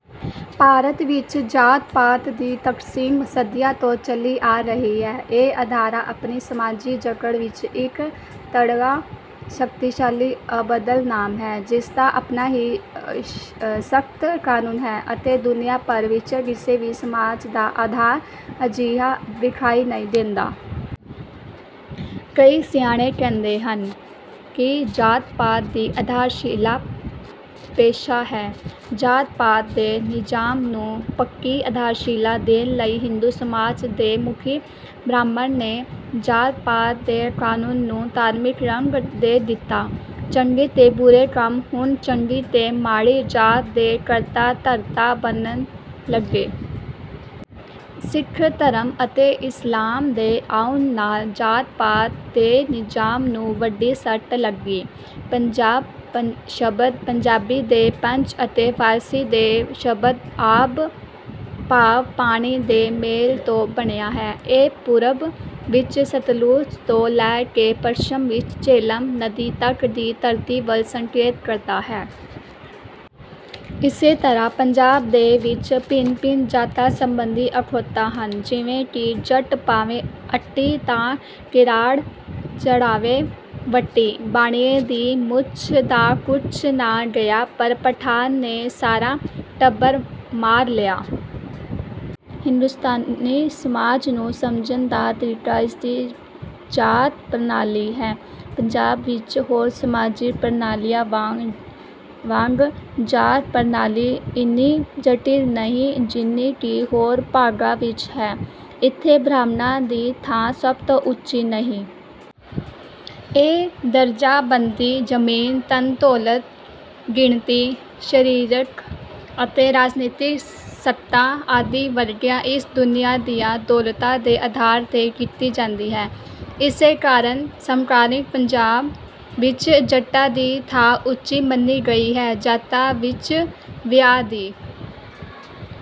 ਭਾਰਤ ਵਿੱਚ ਜਾਤ-ਪਾਤ ਦੀ ਤਕਸੀਮ ਸਦੀਆਂ ਤੋਂ ਚੱਲੀ ਆ ਰਹੀ ਹੈ। ਇਹ ਅਦਾਰਾ ਆਪਣੀ ਸਮਾਜੀ ਜਕੜ ਵਿੱਚ ਇੱਕ ਕਰੜਾ, ਸ਼ਕਤੀਸ਼ਾਲੀ, ਅਬਦਲ ਨਾਮ ਹੈ, ਜਿਸਦਾ ਆਪਣਾ ਹੀ ਸਖ਼ਤ ਕਾਨੂੰਨ ਹੈ ਅਤੇ ਦੁਨੀਆ ਭਰ ਵਿੱਚ ਕਿਸੇ ਵੀ ਸਮਾਜ ਦਾ ਆਧਾਰ ਅਜਿਹਾ ਵਿਖਾਈ ਨਹੀਂ ਦਿੰਦਾ। ਕਈ ਸਿਆਣੇ ਕਹਿੰਦੇ ਹਨ ਕਿ ਜਾਤ-ਪਾਤ ਦੀ ਆਧਾਰਸ਼ਿਲਾ ਪੇਸ਼ਾ ਹੈ। ਜਾਤ-ਪਾਤ ਦੇ ਨਿਜ਼ਾਮ ਨੂੰ ਪੱਕੀ ਆਧਾਰਸ਼ਿਲਾ ਦੇਣ ਲਈ ਹਿੰਦੂ ਸਮਾਜ ਦੇ ਮੁਖੀ ਬ੍ਰਾਹਮਣ ਨੇ ਜਾਤ-ਪਾਤ ਦੇ ਕਾਨੂੰਨ ਨੂੰ ਧਾਰਮਿਕ ਰੰਗ ਦੇ ਦਿੱਤਾ। ਚੰਗੇ ਤੇ ਬੁਰੇ ਕੰਮ ਹੁਣ ਚੰਗੀ ਤੇ ਮਾੜੀ ਜਾਤ ਦੇ ਕਰਤਾ-ਧਰਤਾ ਬਣਨ ਲੱਗੇ। ਸਿੱਖ ਧਰਮ ਅਤੇ ਇਸਲਾਮ ਦੇ ਆਉਣ ਨਾਲ ਜਾਤ-ਪਾਤ ਦੇ ਨਿਜ਼ਾਮ ਨੂੰ ਵੱਡੀ ਸੱਟ ਲੱਗੀ। ਪੰਜਾਬ ਸ਼ਬਦ ਪੰਜਾਬੀ ਦੇ 'ਪੰਜ' ਅਤੇ ਫਾਰਸੀ ਦੇ ਸ਼ਬਦ 'ਆਬ' ਭਾਵ ਪਾਣੀ ਦੇ ਮੇਲ ਤੋਂ ਬਣਿਆ ਹੈ। ਇਹ ਪੂਰਬ ਵਿੱਚ ਸਤਲੁਜ ਤੋਂ ਲੈ ਕੇ ਪੱਛਮ ਵਿੱਚ ਝੇਲਮ ਨਦੀ ਤੱਕ ਦੀ ਧਰਤੀ ਵੱਲ ਸੰਕੇਤ ਕਰਦਾ ਹੈ। ਇਸੇ ਤਰ੍ਹਾਂ ਪੰਜਾਬ ਦੇ ਵਿੱਚ ਭਿੰਨ-ਭਿੰਨ ਜਾਤਾਂ ਸੰਬੰਧੀ ਅਖੌਤਾਂ ਹਨ। ਜਿਵੇਂ ਕਿ: "ਜੱਟ ਭਾਵੇਂ ਅੱਟੀ ਤਾਂ ਕਿਰਾੜ ਚੜ੍ਹਾਵੇ ਵੱਟੀ। ਬਾਣੀਏ ਦੀ ਮੁੱਛ ਦਾ ਕੁਝ ਨਾ ਗਿਆ, ਪਰ ਪਠਾਨ ਨੇ ਸਾਰਾ ਟੱਬਰ ਮਾਰ ਲਿਆ।" ਹਿੰਦੁਸਤਾਨੀ ਸਮਾਜ ਨੂੰ ਸਮਝਣ ਦਾ ਤਰੀਕਾ ਇਸਦੀ ਜਾਤ-ਪ੍ਰਣਾਲੀ ਹੈ। ਪੰਜਾਬ ਵਿੱਚ ਹੋਰ ਸਮਾਜਿਕ ਪ੍ਰਣਾਲੀਆਂ ਵਾਂਗ ਜਾਤ-ਪ੍ਰਣਾਲੀ ਇੰਨੀ ਜਟਿਲ ਨਹੀਂ ਜਿੰਨੀ ਕਿ ਹੋਰ ਭਾਗਾਂ ਵਿੱਚ ਹੈ। ਇੱਥੇ ਬ੍ਰਾਹਮਣਾਂ ਦੀ ਥਾਂ ਸਭ ਤੋਂ ਉੱਚੀ ਨਹੀਂ। ਇਹ ਦਰਜਾਬੰਦੀ ਜ਼ਮੀਨ, ਧਨ-ਦੌਲਤ, ਗਿਣਤੀ, ਸਰੀਰਕ ਅਤੇ ਰਾਜਨੀਤਕ ਸੱਤਾ ਆਦਿ ਵਰਗੀਆਂ ਇਸ ਦੁਨੀਆ ਦੀਆਂ ਦੌਲਤਾਂ ਦੇ ਆਧਾਰ 'ਤੇ ਕੀਤੀ ਜਾਂਦੀ ਹੈ। ਇਸੇ ਕਾਰਨ ਸਮਕਾਲੀਨ ਪੰਜਾਬ ਵਿੱਚ ਜੱਟਾਂ ਦੀ ਥਾਂ ਉੱਚੀ ਮੰਨੀ ਗਈ ਹੈ। ਜਾਤਾਂ ਵਿੱਚ ਵਿਆਹ ਦੀ